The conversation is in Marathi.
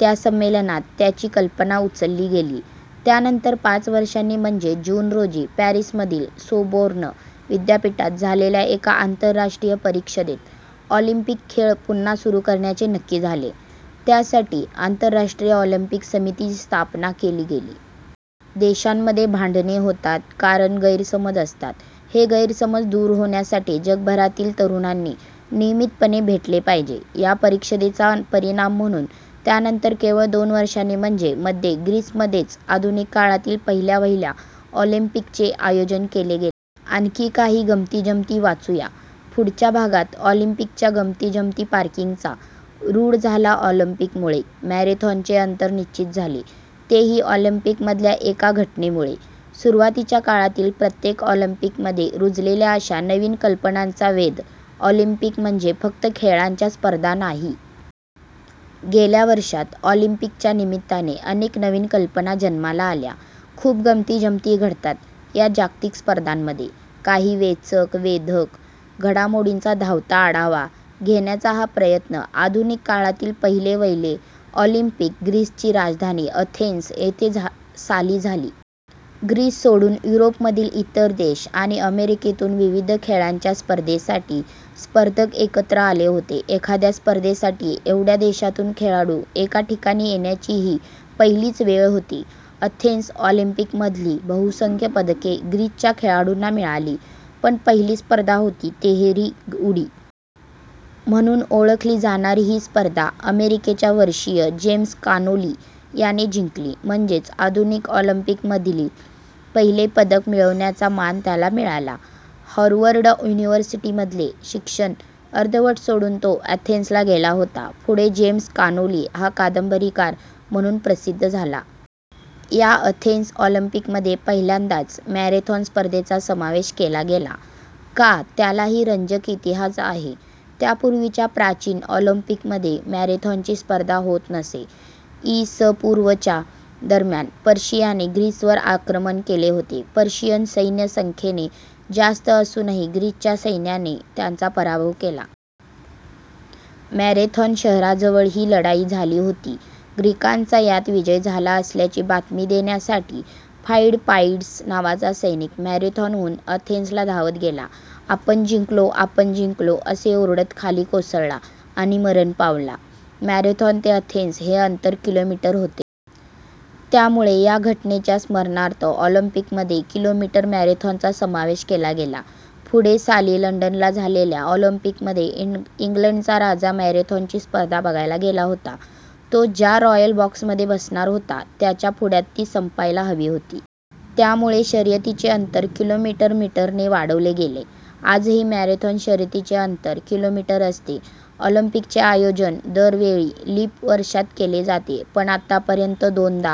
त्या संमेलनात त्याची कल्पना उचलली गेली. त्यानंतर पाच वर्षांनी म्हणजे जून रोजी पॅरिसमधील सोर्बोन विद्यापीठात झालेल्या एका आंतरराष्ट्रीय परिषदेत ऑलिम्पिक खेळ पुन्हा सुरू करण्याचे नक्की झाले. त्यासाठी आंतरराष्ट्रीय ऑलिम्पिक समितीची स्थापना केली गेली. देशांमध्ये भांडणे होतात, कारण गैरसमज असतात. हे गैरसमज दूर होण्यासाठी जगभरातील तरुणांनी नियमितपणे भेटले पाहिजे! या परिषदेचा परिणाम म्हणून त्यानंतर केवळ दोन वर्षांनी म्हणजे मध्ये ग्रीसमध्येच आधुनिक काळातील पहिल्यावहिल्या ऑलिम्पिकचे आयोजन केले गेले. आणखी काही गमतीजमती वाचू या पुढच्या भागात. ऑलिम्पिकच्या गमतीजमतीपार्किंगचा '' रूढ झाला ऑलिम्पिकमुळे. मॅरेथॉनचे अंतर निश्चित झाले तेही ऑलिम्पिकमधल्या एका घटनेमुळे. सुरुवातीच्या काळातील प्रत्येक ऑलिम्पिकमध्ये रुजलेल्या अशा नवीन कल्पनांचा वेध... ऑलिम्पिक म्हणजे फक्त खेळांच्या स्पर्धा नाहीत. गेल्या वर्षांत, ऑलिम्पिकच्या निमित्ताने अनेक नवीन कल्पना जन्माला आल्या. खूप गमती-जमती घडतात या जागतिक स्पर्धांमध्ये! काही वेचक, वेधक घडामोडींचा धावता आढावा घेण्याचा हा प्रयत्न- आधुनिक काळातील पहिले-वहिले ऑलिम्पिक ग्रीसची राजधानी अथेन्स येथे साली झाले. ग्रीस सोडून युरोपमधील इतर देश आणि अमेरिकेतून विविध खेळांच्या स्पर्धेसाठी स्पर्धक एकत्र आले होते. एखाद्या स्पर्धेसाठी एवढ्या देशांतून खेळाडू एका ठिकाणी येण्याची ही पहिलीच वेळ होती. अथेन्स ऑलिम्पिकमधली बहुसंख्य पदके ग्रीसच्या खेळाडूंना मिळाली, पण पहिली स्पर्धा होती, तिहेरी उडी. -- म्हणून ओळखली जाणारी ही स्पर्धा अमेरिकेच्या वर्षीय जेम्स कॉनोली याने जिंकली. म्हणजेच, आधुनिक ऑलिम्पिकमधील पहिले पदक मिळवण्याचा मान त्याला मिळाला. हॉवर्ड युनिव्हर्सिटीमधले शिक्षण अर्धवट सोडून तो अथेन्सला गेला होता. पुढे जेम्स कॉनोली हा कादंबरीकार म्हणून प्रसिद्ध झाला. या अथेन्स ऑलिम्पिकमध्ये पहिल्यांदाच मॅरेथॉन स्पर्धेचा समावेश केला गेला. का, त्यालाही रंजक इतिहास आहे. त्यापूर्वीच्या प्राचीन ऑलिम्पिकमध्ये मॅरेथॉनची स्पर्धा होत नसे. इ. स. पूर्व च्या दरम्यान पर्शियाने ग्रीसवर आक्रमण केले होते. पर्शियन सैन्य संख्येने जास्त असूनही ग्रीसच्या सैन्याने त्यांचा पराभव केला. मॅरेथॉन शहराजवळ ही लढाई झाली होती. ग्रीकांचा यात विजय झाला असल्याची बातमी देण्यासाठी फाइडपाइड्स नावाचा सैनिक मॅरेथॉनहून अथेन्सला धावत गेला. 'आपण जिंकलो, आपण जिंकलो' असे ओरडत खाली कोसळला आणि मरण पावला. मॅरेथॉन ते अथेन्स हे अंतर किलोमीटर होते. त्यामुळे या घटनेच्या स्मरणार्थ ऑलिम्पिकमध्ये किलोमीटर मॅरेथॉनचा समावेश केला गेला. पुढे साली लंडनला झालेल्या ऑलिम्पिकमध्ये इंग्लंडचा राजा मॅरेथॉनची स्पर्धा बघायला गेला होता. तो ज्या रॉयल बॉक्समध्ये बसणार होता, त्याच्या पुढ्यात ती संपायला हवी होती. त्यामुळे शर्यतीचे अंतर किलोमीटर मीटरने वाढवले गेले. आजही मॅरेथॉन शर्यतीचे अंतर किलोमीटर असते. ऑलिम्पिकचे आयोजन दर वेळी लीप वर्षात केले जाते. पण आत्तापर्यंत दोनदा